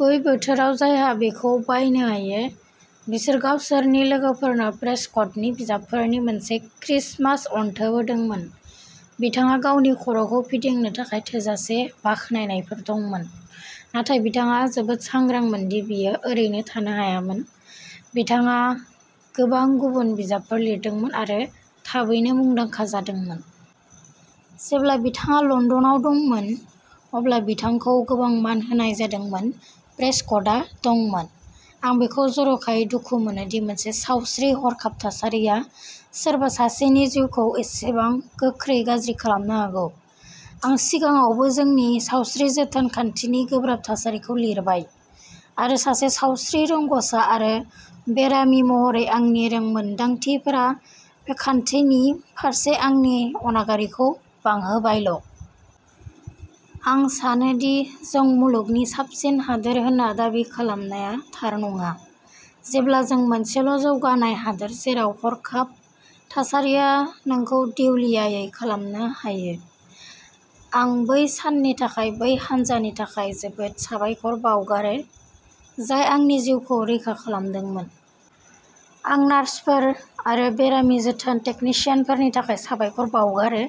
बै बोथोराव जायहा बेखौ बायनो हायो, बिसोर गावसोरनि लोगोफोरनो प्रेस्कटनि बिजाबफोरनि मोनसे क्रिसमास अनथोब होदोंमोन। बिथांहा गावनि खर'खौ फिदिंनो थाखाय थोजासे बाखनायनायफोर दंमोन, नाथाय बिथाङा जोबोद सांग्रांमोन दि बियो ओरैनो थानो हायामोन। बिथाङा गोबां गुबुन बिजाबफोर लिरदोंमोन आरो थाबैनो मुंदांखा जादोंमोन। जेब्ला बिथाङा लन्दनाव दंमोन, अब्ला बिथांखौ गोबां मान होनाय जादोंमोन। प्रेस्कटआ दंमोन। आं बेखौ जर'खायै दुखु मोनो दि मोनसे सावस्रि हरखाब थासारिया सोरबा सासेनि जिउखौ एसेबां गोख्रै गाज्रि खालामनो हागौ। आं सिगाङावबो जोंनि सावस्रि जोथोन खान्थिनि गोब्राब थासारिखौ लिरबाय, आरो सासे सावस्रि रोंग'सा आरो बेरामि महरै आंनि रोंमोनदांथिफोरा बे खान्थिनि फारसे आंनि अनागारिखौ बांहोबायल'। आं सानो दि जों मुलुगनि साबसिन हादोर होनना दाबि खालामनाया थार नङा, जेब्ला जों मोनसेल'जौगानाय हादोर जेराव हरखाब थासारिया नोंखौ देउलियायै खालामनो हायो। आं बै साननि थाखाय बै हानजानि थाखाय जोबोद साबायखर बावगारो जाय आंनि जिउखौ रैखा खालामदोंमोन। आं नार्सफोर आरो बेरामि जोथोन टेकनिशियानफोरनि थाखाय साबायखर बावगारो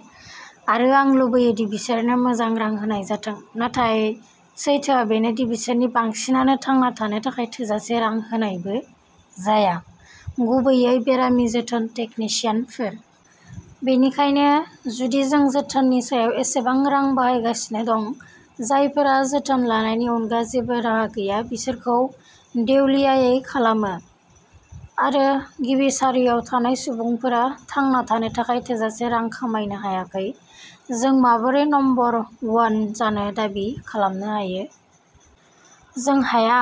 आरो आं लुबैयो दि बिसोरनो मोजां रां होनाय जाथों, नाथाय सैथोआ बेनो दि बिसोरनि बांसिनानो थांना थानो थाखाय थोजासे रां होनायबो जाया। गुबैयै बेरामि जोथोन टेकनिशियानफोर। बेनिखायनो, जुदि जों जोथोननि सायाव एसेबां रां बाहायगासिनो दं, जायफोरा जोथोन लानायनि अनगा जेबो राहा गैया बिसोरखौ देउलियायै खालामो आरो गिबि सारियाव थानाय सुबुंफोरा थांना थानो थाखाय थोजासे रां खामायनो हायाखै, जों माबोरै नम्बर वन जानो दाबि खालामनो हायो? जों हाया।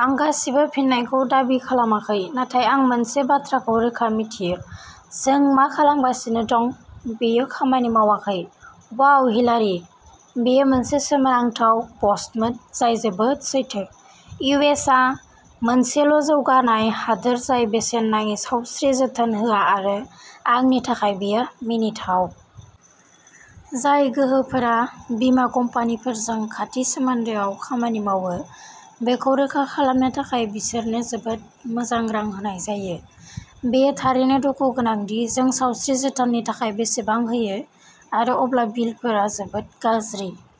आं गासिबो फिननायखौ दाबि खालामाखै, नाथाय आं मोनसे बाथ्राखौ रोखा मिथियोः जों मा खालामगासिनो दं बेयो खामानि मावाखै। वाव हिलारि, बेयो मोनसे सोमोनांथाव पस्टमोन जाय जोबोद सैथो! इउ. एस. आ मोनसेल'जौगानाय हादोर जाय बेसेन नाङि सावस्रि जोथोन होआ आरो आंनि थाखाय बेयो मिनिथाव! जाय गोहोफोरा बीमा कम्पानिफोरजों खाथि सोमोन्दोआव खामानि मावो बेखौ रोखा खालामनो थाखाय बिसोरनो जोबोद मोजां रां होनाय जायो! बेयो थारैनो दुखु गोनां दि जों सावस्रि जोथोननि थाखाय बेसेबां होयो आरो अब्ला बिलफोरा जोबोद गाज्रि!